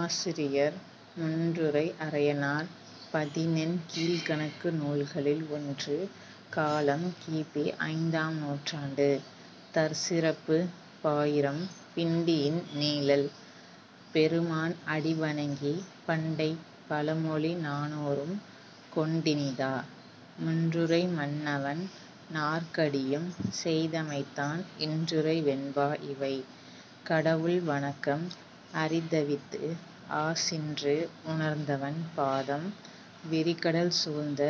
ஆசிரியர் மூன்றுறை அரையனார் பதினென் கீழ்க்கணக்கு நூல்களில் ஒன்று காலம் கி. பி. ஐந்தாம் நூற்றாண்டு தற்சிறப்புப் பாயிரம் பிண்டியின் நீழல் பெருமான் அடிவணங்கிப் பண்டைப் பழமொழி நானூறும் கொண்டினிதா முன்றுறை மன்னவன் நான்கடியும் செய்தமைத்தான் இன்றுறை வெண்பா இவை. கடவுள் வணக்கம் அரிதவித்து ஆசின்று உணர்ந்தவன் பாதம் விரிகடல் சூழ்ந்த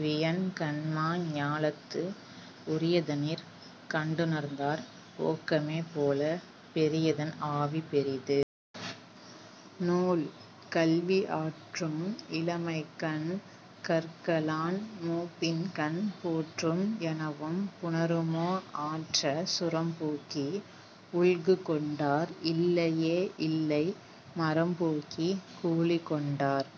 வியன்கண்மா ஞாலத்து உரியதனிற் கண்டுணர்ந்தார் ஓக்கமே போலப் 'பெரியதன் ஆவி பெரிது. ' நூல். கல்வி ஆற்றும் இளமைக்கண் கற்கலான் மூப்பின்கண் போற்றும் எனவும் புணருமோ ஆற்றச் 'சுரம்போக்கி உல்குகொண்டார் இல்லையே யில்லை மரம்போக்கிக் கூலிகொண் டார்'.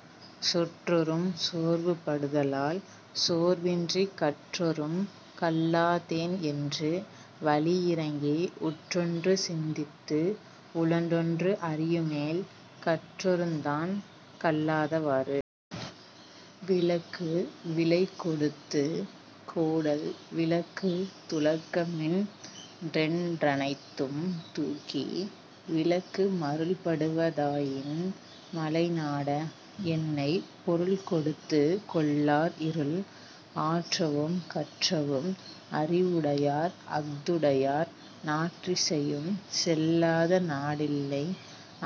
சொற்றொறும் சோர்வு படுதலால் சோர்வின்றிக் கற்றொறும் கல்லாதேன் என்று வழியிரங்கி உற்றொன்று சிந்தித்து உழன்றொன்று அறியுமேல் 'கற்றொறுந்தான் கல்லாத வாறு'. விளக்கு விலைகொடுத்துக் கோடல் விளக்குத் துளக்கமின் றென்றனைத்தும் தூக்கி விளக்கு மருள்படுவ தாயின் மலைநாட! என்னை 'பொருள்கொடுத்துக் கொள்ளார் இருள்'. ஆற்றவும் கற்றவும் அறிவுடையார்; அஃதுடையார் நாற்றிசையும் செல்லாத நாடில்லை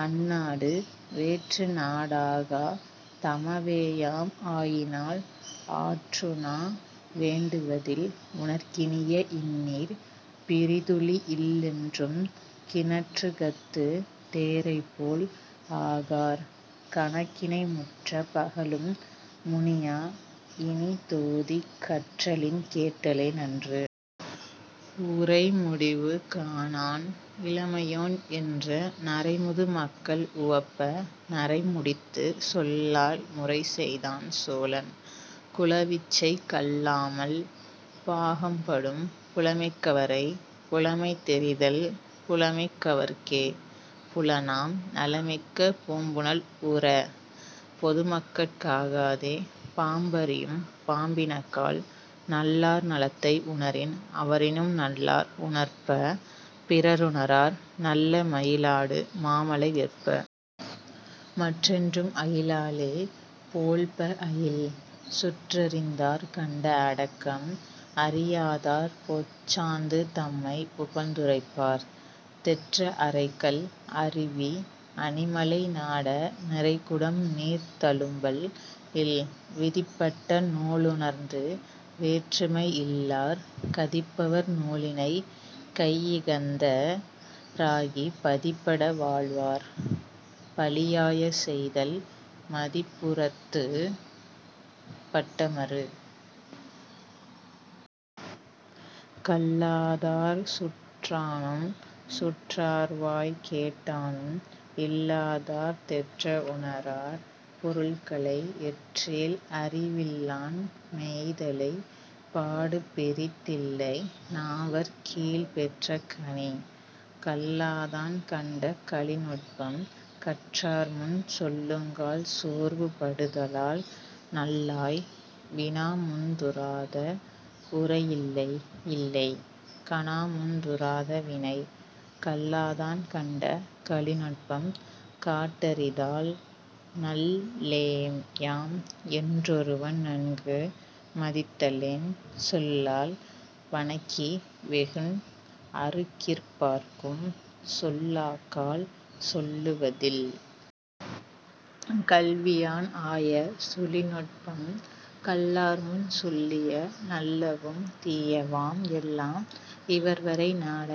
அந்நாடு வேற்றுநா டாகா; தமவேயாம் ஆயினால் 'ஆற்றுணா வேண்டுவ தில்'. உணற்கினிய இன்னீர் பிறிதுழி இல்லென்றும் கிணற்றுகத்துத் தேரைபோல் ஆகார் கணக்கினை முற்றப் பகலும் முனியா இனிதோதிக் 'கற்றலின் கேட்டலே நன்று'. உரைமுடிவு காணான் இளமையோன் என்ற நரைமுது மக்கள் உவப்ப நரைமுடித்துச் சொல்லால் முறைசெய்தான் சோழன் 'குலவிச்சை கல்லாமல் பாகம் படும்'. புலமிக் கவரைப் புலமை தெரிதல் புலமிக் கவர்க்கே புலனாம் நலமிக்க பூம்புனல் ஊர! பொதுமக்கட் காகாதே 'பாம்பறியும் பாம்பின கால்'. நல்லார் நலத்தை உணரின் அவரினும் நல்லார் உணர்ப பிறருணரார் நல்ல மயிலாடு மாமலை வெற்ப! மற்றென்றும் 'அயிலாலே போழ்ப அயில்'. சுற்றறிந்தார் கண்ட அடக்கம் அறியாதார் பொச்சாந்து தம்மைப் புகழ்ந்துரைப்பார் தெற்ற அறைகல் அருவி அணிமலை நாட! 'நிறைகுடம் நீர்தளும்பல் இல்'. விதிப்பட்ட நூலுணர்ந்து வேற்றுமை இல்லார் கதிப்பவர் நூலினைக் கையிகந்தா ராகிப் பதிப்பட வாழ்வார் பழியாய செய்தல் 'மதிப்புறத்துப் பட்ட மறு'.. கல்லாதார் சுற்றானும் சுற்றார்வாய்க் கேட்டானும் இல்லாதார் தெற்ற உணரார் பொருள்களை எற்றேல் அறிவில்லான் மெய்தலைப் பாடு பிறிதில்லை 'நாவற் கீழ்ப் பெற்ற கனி'. கல்லாதான் கண்ட கழிநுட்பம் கற்றார்முன் சொல்லுங்கால் சோர்வு படுதலால் நல்லாய்! 'வினாமுந் துறாத உரையில்லை; இல்லை கனாமுந் துறாத வினை'. கல்லாதான் கண்ட கழிநுட்பம் காட்டரிதால் நல்லேம்யாம் என்றொருவன் நன்கு மதித்தலென் சொல்லால் வணக்கி வெகுண்அரு கிற்பார்க்கும் 'சொல்லாக்கால் சொல்லுவ தில்'. கல்வியான் ஆய சுழிநுட்பம் கல்லார்முன் சொல்லிய நல்லவும் தீயவாம் எல்லாம் இவர்வரை நாட!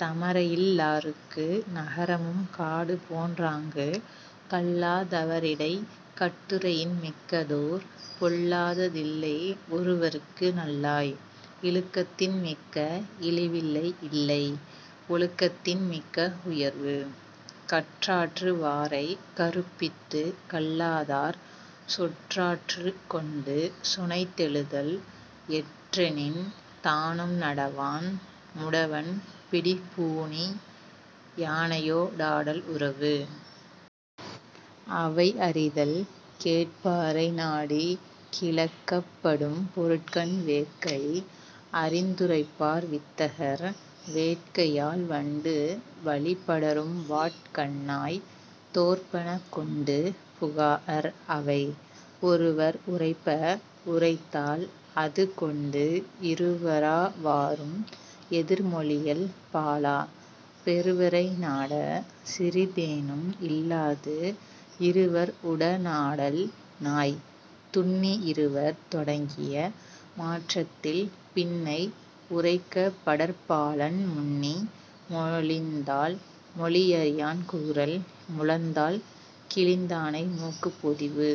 'தமரையில் லார்க்கு நகரமும் காடுபோன் றாங்கு'. கல்லா தவரிடைக் கட்டுரையின் மிக்கதோர் பொல்லாத தில்லை ஒருவற்கு நல்லாய்! 'இழுக்கத்தின் மிக்க இழிவில்லை இல்லை ஒழுக்கத்தின் மிக்க உயர்வு'. கற்றாற்று வாரைக் கறுப்பித்துக் கல்லாதார் சொற்றாற்றுக் கொண்டு சுனைத்தெழுதல் எற்றெனின் தானும் நடவான் 'முடவன் பிடிப்பூணி யானையோ டாடல் உறவு'.. அவையறிதல் கேட்பாரை நாடிக் கிளக்கப் படும்பொருட்கண் வேட்கை அறிந்துரைப்பார் வித்தகர் வேட்கையால் வண்டு வழிபடரும் வாட்கண்ணாய்! 'தோற்பன கொண்டு புகாஅர் அவை'. ஒருவர் உரைப்ப உரைத்தால் அதுகொண்டு இருவரா வாரும் எதிர்மொழியல் பாலா பெருவரை நாட! சிறிதேனும் 'இல்லாது இருவர் உடனாடல் நாய்'. துன்னி இருவர் தொடங்கிய மாற்றத்தில் பின்னை உரைக்கப் படற்பாலான் முன்னி மொழிந்தால் மொழியறியான் கூறல் 'முழந்தாள் கிழிந்தானை மூக்குப் பொதிவு'.